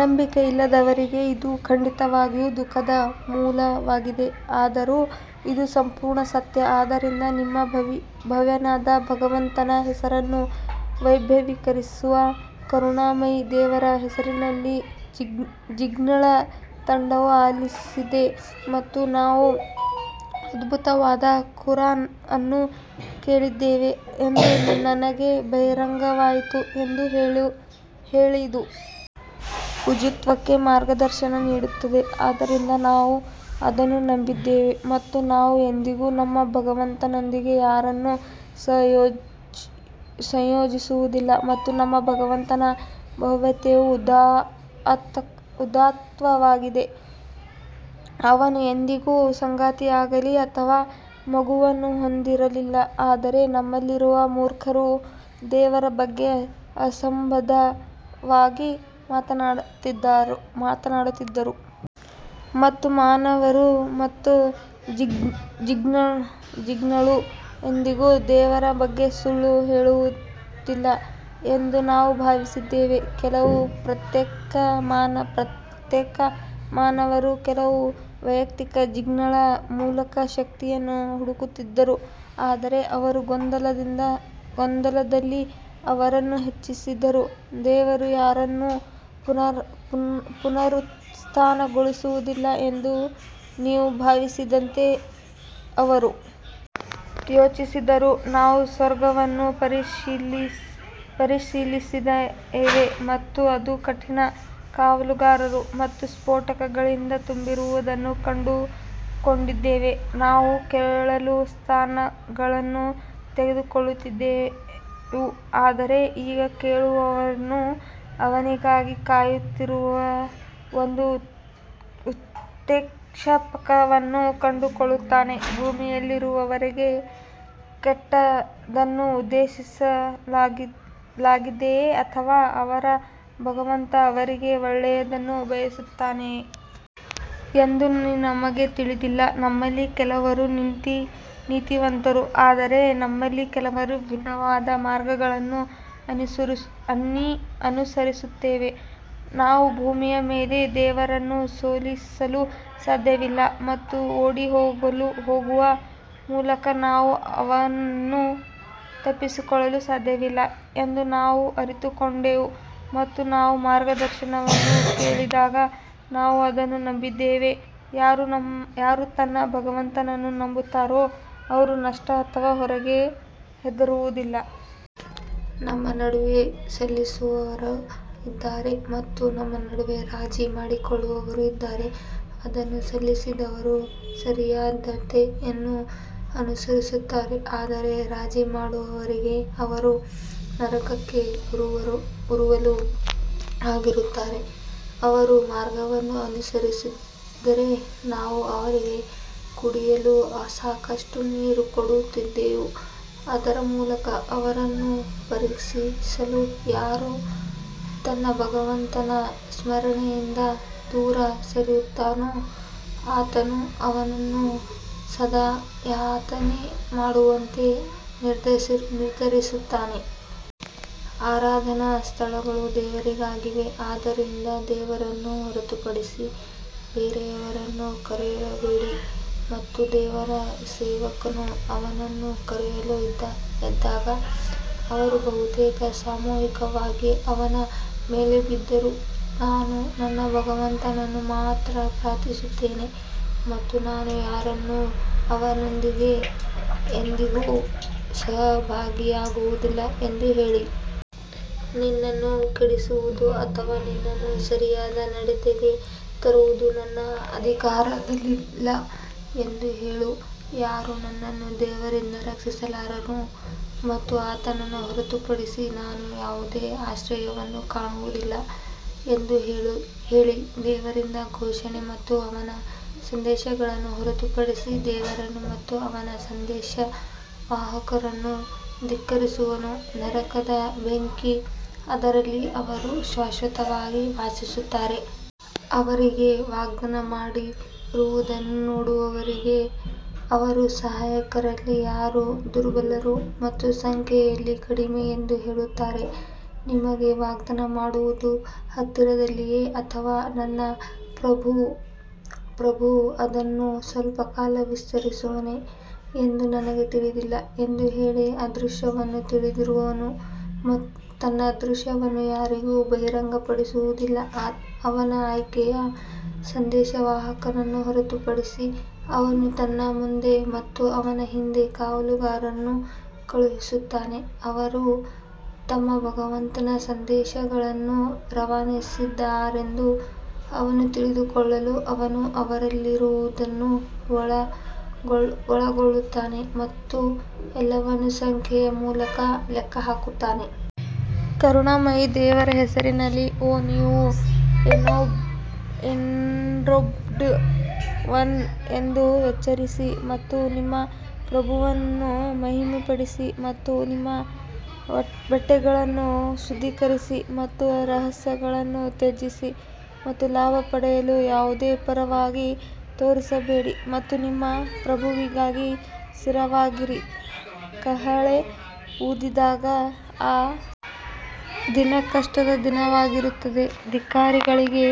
ನಂಬಿಕೆಯಿಲ್ಲದವರಿಗೆ ಇದು ಖಂಡಿತವಾಗಿಯೂ ದುಃಖದ ಮೂಲವಾಗಿದೆ ಆದರೂ ಇದು ಸಂಪೂರ್ಣ ಸತ್ಯ ಆದ್ದರಿಂದ ನಿಮ್ಮ ಭವ್ಯನಾದ ಭಗವಂತನ ಹೆಸರನ್ನು ವೈಭವೀಕರಿಸು ಕರುಣಾಮಯಿ ದೇವರ ಹೆಸರಿನಲ್ಲಿ ಜಿನ್ಗಳ ತಂಡವು ಆಲಿಸಿದೆ ಮತ್ತು ನಾವು ಅದ್ಭುತವಾದ ಕುರಾನ್ ಅನ್ನು ಕೇಳಿದ್ದೇವೆ ಎಂದು ನನಗೆ ಬಹಿರಂಗವಾಯಿತು ಎಂದು ಹೇಳಿ. ಇದು ಋಜುತ್ವಕ್ಕೆ ಮಾರ್ಗದರ್ಶನ ನೀಡುತ್ತದೆ ಆದ್ದರಿಂದ ನಾವು ಅದನ್ನು ನಂಬಿದ್ದೇವೆ ಮತ್ತು ನಾವು ಎಂದಿಗೂ ನಮ್ಮ ಭಗವಂತನೊಂದಿಗೆ ಯಾರನ್ನೂ ಸಹ ಸಂಯೋಜಿಸುವುದಿಲ್ಲ ಮತ್ತು ನಮ್ಮ ಭಗವಂತನ ಭವ್ಯತೆಯು ಉದಾತ್ತವಾಗಿದೆ, ಅವನು ಎಂದಿಗೂ ಸಂಗಾತಿಯಾಗಲಿ ಅಥವಾ ಮಗುವನ್ನು ಹೊಂದಿರಲಿಲ್ಲ ಆದರೆ ನಮ್ಮಲ್ಲಿರುವ ಮೂರ್ಖರು ದೇವರ ಬಗ್ಗೆ ಅಸಂಬದ್ಧವಾಗಿ ಮಾತನಾಡುತ್ತಿದ್ದರು ಮತ್ತು ಮಾನವರು ಮತ್ತು ಜಿನ್ಗಳು ಎಂದಿಗೂ ದೇವರ ಬಗ್ಗೆ ಸುಳ್ಳು ಹೇಳುವುದಿಲ್ಲ ಎಂದು ನಾವು ಭಾವಿಸಿದ್ದೇವೆ ಕೆಲವು ಪ್ರತ್ಯೇಕ ಮಾನವರು ಕೆಲವು ವೈಯಕ್ತಿಕ ಜಿನ್ಗಳ ಮೂಲಕ ಶಕ್ತಿಯನ್ನು ಹುಡುಕುತ್ತಿದ್ದರು ಆದರೆ ಅವರು ಗೊಂದಲದಲ್ಲಿ ಅವರನ್ನು ಹೆಚ್ಚಿಸಿದರು ದೇವರು ಯಾರನ್ನೂ ಪುನರುತ್ಥಾನಗೊಳಿಸುವುದಿಲ್ಲ ಎಂದು ನೀವು ಭಾವಿಸಿದಂತೆ ಅವರು ಯೋಚಿಸಿದರು ನಾವು ಸ್ವರ್ಗವನ್ನು ಪರಿಶೀಲಿಸಿದ್ದೇವೆ ಮತ್ತು ಅದು ಕಠಿಣ ಕಾವಲುಗಾರರು ಮತ್ತು ಸ್ಪೋಟಕಗಳಿಂದ ತುಂಬಿರುವುದನ್ನು ಕಂಡುಕೊಂಡಿದ್ದೇವೆ ನಾವು ಕೇಳಲು ಸ್ಥಾನಗಳನ್ನು ತೆಗೆದುಕೊಳ್ಳುತ್ತಿದ್ದೆವು ಆದರೆ ಈಗ ಕೇಳುವವನು ಅವನಿಗಾಗಿ ಕಾಯುತ್ತಿರುವ ಒಂದು ಉತ್ಕ್ಷೇಪಕವನ್ನು ಕಂಡುಕೊಳ್ಳುತ್ತಾನೆ ಭೂಮಿಯಲ್ಲಿರುವವರಿಗೆ ಕೆಟ್ಟದ್ದನ್ನು ಉದ್ದೇಶಿಸಲಾಗಿದೆಯೇ ಅಥವಾ ಅವರ ಭಗವಂತ ಅವರಿಗೆ ಒಳ್ಳೆಯದನ್ನು ಬಯಸುತ್ತಾನೆಯೇ ಎಂದು ನಮಗೆ ತಿಳಿದಿಲ್ಲ ನಮ್ಮಲ್ಲಿ ಕೆಲವರು ನೀತಿವಂತರು ಆದರೆ ನಮ್ಮಲ್ಲಿ ಕೆಲವರು ಭಿನ್ನವಾದ ಮಾರ್ಗಗಳನ್ನು ಅನುಸರಿಸುತ್ತೇವೆ ನಾವು ಭೂಮಿಯ ಮೇಲೆ ದೇವರನ್ನು ಸೋಲಿಸಲು ಸಾಧ್ಯವಿಲ್ಲ ಮತ್ತು ಓಡಿಹೋಗುವ ಮೂಲಕ ನಾವು ಅವನನ್ನು ತಪ್ಪಿಸಿಕೊಳ್ಳಲು ಸಾಧ್ಯವಿಲ್ಲ ಎಂದು ನಾವು ಅರಿತುಕೊಂಡೆವು ಮತ್ತು ನಾವು ಮಾರ್ಗದರ್ಶನವನ್ನು ಕೇಳಿದಾಗ ನಾವು ಅದನ್ನು ನಂಬಿದ್ದೇವೆ, ಯಾರು ತನ್ನ ಭಗವಂತನನ್ನು ನಂಬುತ್ತಾರೋ ಅವರು ನಷ್ಟ ಅಥವಾ ಹೊರೆಗೆ ಹೆದರುವುದಿಲ್ಲ. ನಮ್ಮ ನಡುವೆ ಸಲ್ಲಿಸುವವರು ಇದ್ದಾರೆ ಮತ್ತು ನಮ್ಮ ನಡುವೆ ರಾಜಿ ಮಾಡಿಕೊಳ್ಳುವವರು ಇದ್ದಾರೆ ಅದನ್ನು ಸಲ್ಲಿಸಿದವರು ಸರಿಯಾದತೆಯನ್ನು ಅನುಸರಿಸುತ್ತಾರೆ ಆದರೆ ರಾಜಿ ಮಾಡುವವರಿಗೆ ಅವರು ನರಕಕ್ಕೆ ಉರುವಲು ಆಗಿರುತ್ತಾರೆ ಅವರು ಮಾರ್ಗವನ್ನು ಅನುಸರಿಸಿದ್ದರೆ ನಾವು ಅವರಿಗೆ ಕುಡಿಯಲು ಸಾಕಷ್ಟು ನೀರು ಕೊಡುತ್ತಿದ್ದೆವು ಅದರ ಮೂಲಕ ಅವರನ್ನು ಪರೀಕ್ಷಿಸಲು ಯಾರು ತನ್ನ ಭಗವಂತನ ಸ್ಮರಣೆಯಿಂದ ದೂರ ಸರಿಯುತ್ತಾನೋ ಆತನು ಅವನನ್ನು ಸದಾ ಯಾತನೆ ಮಾಡುವಂತೆ ನಿರ್ದೇಶಿಸುತ್ತಾನೆ. ಆರಾಧನಾ ಸ್ಥಳಗಳು ದೇವರಿಗಾಗಿವೆ ಆದ್ದರಿಂದ ದೇವರನ್ನು ಹೊರತುಪಡಿಸಿ ಬೇರೆಯವರನ್ನು ಕರೆಯಬೇಡಿ ಮತ್ತು ದೇವರ ಸೇವಕನು ಅವನನ್ನು ಕರೆಯಲು ಎದ್ದಾಗ ಅವರು ಬಹುತೇಕ ಸಾಮೂಹಿಕವಾಗಿ ಅವನ ಮೇಲೆ ಬಿದ್ದರು ನಾನು ನನ್ನ ಭಗವಂತನನ್ನು ಮಾತ್ರ ಪ್ರಾರ್ಥಿಸುತ್ತೇನೆ ಮತ್ತು ನಾನು ಯಾರನ್ನೂ ಅವನೊಂದಿಗೆ ಎಂದಿಗೂ ಸಹಭಾಗಿಯಾಗುವುದಿಲ್ಲ ಎಂದು ಹೇಳಿ ನಿನ್ನನ್ನು ಕೆಡಿಸುವುದು ಅಥವಾ ನಿನ್ನನ್ನು ಸರಿಯಾದ ನಡತೆಗೆ ತರುವುದು ನನ್ನ ಅಧಿಕಾರದಲ್ಲಿಲ್ಲ ಎಂದು ಹೇಳು ಯಾರೂ ನನ್ನನ್ನು ದೇವರಿಂದ ರಕ್ಷಿಸಲಾರರು ಮತ್ತು ಆತನನ್ನು ಹೊರತುಪಡಿಸಿ ನಾನು ಯಾವುದೇ ಆಶ್ರಯವನ್ನು ಕಾಣುವುದಿಲ್ಲ ಎಂದು ಹೇಳಿ ದೇವರಿಂದ ಘೋಷಣೆ ಮತ್ತು ಅವನ ಸಂದೇಶಗಳನ್ನು ಹೊರತುಪಡಿಸಿ, ದೇವರನ್ನು ಮತ್ತು ಅವನ ಸಂದೇಶವಾಹಕರನ್ನು ಧಿಕ್ಕರಿಸುವವನು ನರಕದ ಬೆಂಕಿ, ಅದರಲ್ಲಿ ಅವರು ಶಾಶ್ವತವಾಗಿ ವಾಸಿಸುತ್ತಾರೆ. ಅವರಿಗೆ ವಾಗ್ದಾನ ಮಾಡಿರುವುದನ್ನು ನೋಡುವವರೆಗೆ ಅವರು ಸಹಾಯಕರಲ್ಲಿ ಯಾರು ದುರ್ಬಲರು ಮತ್ತು ಸಂಖ್ಯೆಯಲ್ಲಿ ಕಡಿಮೆ ಎಂದು ತಿಳಿಯುತ್ತಾರೆ ನಿಮಗೆ ವಾಗ್ದಾನ ಮಾಡಿರುವುದು ಹತ್ತಿರದಲ್ಲಿದೆಯೇ ಅಥವಾ ನನ್ನ ಪ್ರಭು ಅದನ್ನು ಸ್ವಲ್ಪ ಕಾಲ ವಿಸ್ತರಿಸುವನೇ ಎಂದು ನನಗೆ ತಿಳಿದಿಲ್ಲ ಎಂದು ಹೇಳಿ ಅದೃಶ್ಯವನ್ನು ತಿಳಿದಿರುವವನು ತನ್ನ ಅದೃಶ್ಯವನ್ನು ಯಾರಿಗೂ ಬಹಿರಂಗಪಡಿಸುವುದಿಲ್ಲ ಅವನ ಆಯ್ಕೆಯ ಸಂದೇಶವಾಹಕನನ್ನು ಹೊರತುಪಡಿಸಿ ಅವನು ತನ್ನ ಮುಂದೆ ಮತ್ತು ಅವನ ಹಿಂದೆ ಕಾವಲುಗಾರರನ್ನು ಕಳುಹಿಸುತ್ತಾನೆ ಅವರು ತಮ್ಮ ಭಗವಂತನ ಸಂದೇಶಗಳನ್ನು ರವಾನಿಸಿದ್ದಾರೆಂದು ಅವನು ತಿಳಿದುಕೊಳ್ಳಲು ಅವನು ಅವರಲ್ಲಿರುವುದನ್ನು ಒಳಗೊಳ್ಳುತ್ತಾನೆ ಮತ್ತು ಎಲ್ಲವನ್ನೂ ಸಂಖ್ಯೆಯ ಮೂಲಕ ಲೆಕ್ಕ ಹಾಕುತ್ತಾನೆ. ಕರುಣಾಮಯಿ ದೇವರ ಹೆಸರಿನಲ್ಲಿ ಓ ನೀವು ಎನ್ರೋಬ್ಡ್ ಒನ್ ಎದ್ದು ಎಚ್ಚರಿಸಿ ಮತ್ತು ನಿಮ್ಮ ಪ್ರಭುವನ್ನು ಮಹಿಮೆಪಡಿಸಿ ಮತ್ತು ನಿಮ್ಮ ಬಟ್ಟೆಗಳನ್ನು ಶುದ್ಧೀಕರಿಸಿ ಮತ್ತು ಅಸಹ್ಯಗಳನ್ನು ತ್ಯಜಿಸಿ ಮತ್ತು ಲಾಭ ಪಡೆಯಲು ಯಾವುದೇ ಪರವಾಗಿ ತೋರಿಸಬೇಡಿ ಮತ್ತು ನಿಮ್ಮ ಪ್ರಭುವಿಗಾಗಿ ಸ್ಥಿರವಾಗಿರಿ ಕಹಳೆ ಊದಿದಾಗ ಆ ದಿನ ಕಷ್ಟದ ದಿನವಾಗಿರುತ್ತದೆ ಧಿಕ್ಕಾರಿಗಳಿಗೆ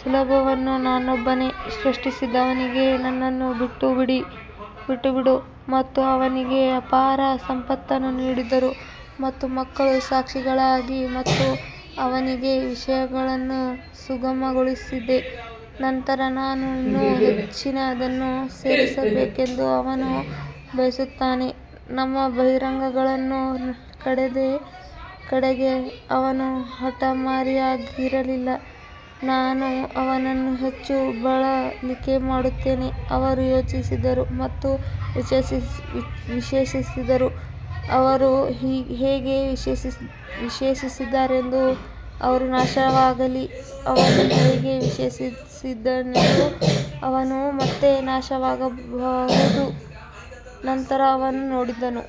ಸುಲಭವಲ್ಲ ನಾನೊಬ್ಬನೇ ಸೃಷ್ಟಿಸಿದವನಿಗೆ ನನ್ನನ್ನು ಬಿಟ್ಟುಬಿಡು ಮತ್ತು ಅವನಿಗೆ ಅಪಾರ ಸಂಪತ್ತನ್ನು ನೀಡಿದರು ಮತ್ತು ಮಕ್ಕಳು ಸಾಕ್ಷಿಗಳಾಗಿ ಮತ್ತು ಅವನಿಗೆ ವಿಷಯಗಳನ್ನು ಸುಗಮಗೊಳಿಸಿದೆ ನಂತರ ನಾನು ಇನ್ನೂ ಹೆಚ್ಚಿನದನ್ನು ಸೇರಿಸಬೇಕೆಂದು ಅವನು ಬಯಸುತ್ತಾನೆ ನಮ್ಮ ಬಹಿರಂಗಗಳ ಕಡೆಗೆ ಅವನು ಹಠಮಾರಿಯಾಗಿರಲಿಲ್ಲ ನಾನು ಅವನನ್ನು ಹೆಚ್ಚು ಬಳಲಿಕೆ ಮಾಡುತ್ತೇನೆ ಅವರು ಯೋಚಿಸಿದರು ಮತ್ತು ವಿಶ್ಲೇಷಿಸಿದರು ಅವರು ಹೇಗೆ ವಿಶ್ಲೇಷಿಸಿದ್ದಾರೆಂದು ಅವರು ನಾಶವಾಗಲಿ ಅವನು ಹೇಗೆ ವಿಶ್ಲೇಷಿಸಿದನೆಂದು ಅವನು ಮತ್ತೆ ನಾಶವಾಗಬಹುದು ನಂತರ ಅವನು ನೋಡಿದನು.